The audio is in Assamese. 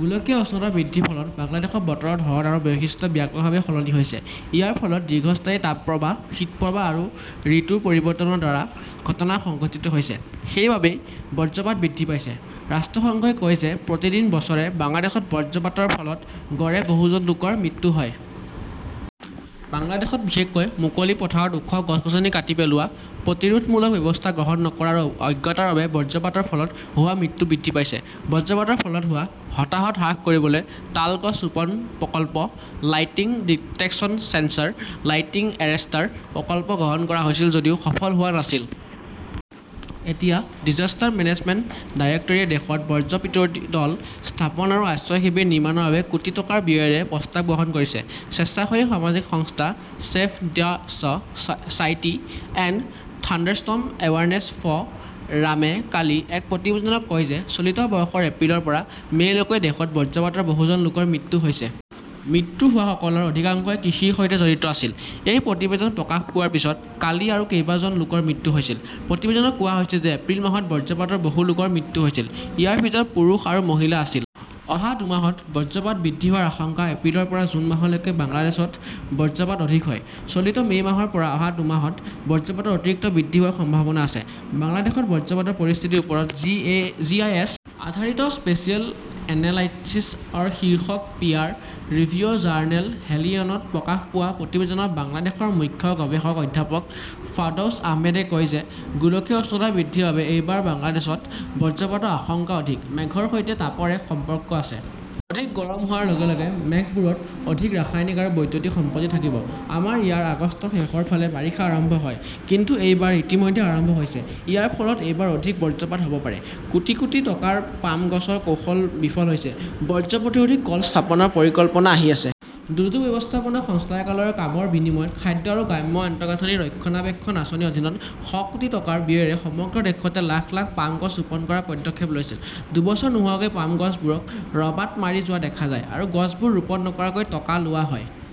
গোলকীয় উষ্ণতা বৃদ্ধিৰ ফলত বাংলাদেশত বতৰৰ ধৰণ আৰু বৈশিষ্ট্য ব্যাপকভাৱে সলনি হৈছে। ইয়াৰ ফলত দীৰ্ঘস্থায়ী তাপপ্ৰবাহ, শীতপ্ৰবাহ আৰু ঋতুৰ পৰিৱৰ্তনৰ দৰে ঘটনা সংঘটিত হৈছে। সেইবাবেই বজ্ৰপাত বৃদ্ধি পাইছে। ৰাষ্ট্ৰসংঘই কয় যে প্ৰতি বছৰে বাংলাদেশত বজ্ৰপাতৰ ফলত গড়ে বহুজন লোকৰ মৃত্যু হয়। বাংলাদেশত, বিশেষকৈ মুকলি পথাৰত ওখ গছ-গছনি কাটি পেলোৱা, প্ৰতিৰোধমূলক ব্যৱস্থা গ্ৰহণ নকৰা আৰু অজ্ঞতাৰ বাবে বজ্ৰপাতৰ ফলত হোৱা মৃত্যু বৃদ্ধি পাইছে। বজ্ৰপাতৰ ফলত হোৱা হতাহত হ্ৰাস কৰিবলৈ তাল গছ ৰোপণ প্ৰকল্প, lightning detection sensor, lightning arrester প্ৰকল্প গ্ৰহণ কৰা হৈছিল যদিও সফল হোৱা নাছিল। এতিয়া ডিজাস্টাৰ মেনেজমেণ্ট ডাইৰেক্টৰীয়ে দেশত বজ্ৰ প্ৰতিৰোধী দল স্থাপন আৰু আশ্ৰয় শিবিৰ নিৰ্মাণৰ বাবে কোটি টকা ব্যয়েৰে প্ৰস্তাৱ গ্ৰহণ কৰিছে। স্বেচ্ছাসেৱী সামাজিক সংস্থা Save the "Society and Thunderstorm Awareness ফ" ৰামে কালি এক প্ৰতিবেদনত কয় যে চলিত বৰ্ষৰ এপ্ৰিলৰ পৰা মে' লৈকে দেশত বজ্ৰপাতত বহুজন লোকৰ মৃত্যু হৈছে। মৃত্যু হোৱাসকলৰ অধিকাংশই কৃষিৰ সৈতে জড়িত আছিল। এই প্ৰতিবেদন প্ৰকাশ পোৱাৰ পিছত কালি আৰু কেইবাজন লোকৰ মৃত্যু হৈছিল। প্ৰতিবেদনত কোৱা হৈছে যে এপ্ৰিল মাহত বজ্ৰপাতত বহু লোকৰ মৃত্যু হৈছিল। ইয়াৰ ভিতৰত পুৰুষ আৰু মহিলা আছিল। অহা দুমাহত বজ্ৰপাত বৃদ্ধি হোৱাৰ আশংকা এপ্ৰিলৰ পৰা জুন মাহলৈকে বাংলাদেশত বজ্ৰপাত অধিক হয়। চলিত মে' মাহৰ পৰা অহা দুমাহত বজ্ৰপাত অতিৰিক্ত বৃদ্ধি হোৱাৰ সম্ভাৱনা আছে। "বাংলাদেশত বজ্ৰপাতৰ পৰিস্থিতিৰ ওপৰত জি. আই. এছ. -আধাৰিত স্পেচিয়েল এনালাইচিছ "ৰ শীৰ্ষক পিয়াৰ-ৰিভিউ জাৰ্নেল হেলিয়নত প্ৰকাশ পোৱা প্ৰতিবেদনত বাংলাদেশৰ মুখ্য গৱেষক অধ্যাপক ফাৰ্ডৌছ আহমেদে কয় যে গোলকীয় উষ্ণতা বৃদ্ধিৰ বাবে এইবাৰ বাংলাদেশত বজ্ৰপাতৰ আশংকা অধিক। মেঘৰ সৈতে তাপৰ এক সম্পৰ্ক আছে। অধিক গৰম হোৱাৰ লগে লগে মেঘবোৰত অধিক ৰাসায়নিক আৰু বৈদ্যুতিক সম্পত্তি থাকিব। আমাৰ ইয়াত আগষ্টৰ শেষৰ ফালে বাৰিষা আৰম্ভ হয়। কিন্তু এইবাৰ ইতিমধ্যে আৰম্ভ হৈছে। ইয়াৰ ফলত এইবাৰ অধিক বজ্ৰপাত হ'ব পাৰে। কোটি কোটি টকাৰ পাম গছৰ কৌশল বিফল হৈছে, বজ্ৰ প্ৰতিৰোধী কল স্থাপনৰ পৰিকল্পনা আহি আছে। দুৰ্যোগ ব্যৱস্থাপনা সঞ্চালকালয়ে কামৰ বিনিময়ত খাদ্য আৰু গ্ৰাম্য আন্তঃগাঁথনি ৰক্ষণাবেক্ষণ আঁচনিৰ অধীনত শ কোটি টকা ব্যয়েৰে সমগ্ৰ দেশতে লাখ লাখ পাম গছ ৰোপণ কৰাৰ পদক্ষেপ লৈছিল। দুবছৰ নোহোৱাকৈ, পাম গছবোৰ ক "ৰবাত মৰি যোৱা দেখা যায়, আৰু গছবোৰ ৰোপণ নকৰাকৈ টকা লোৱা হয়।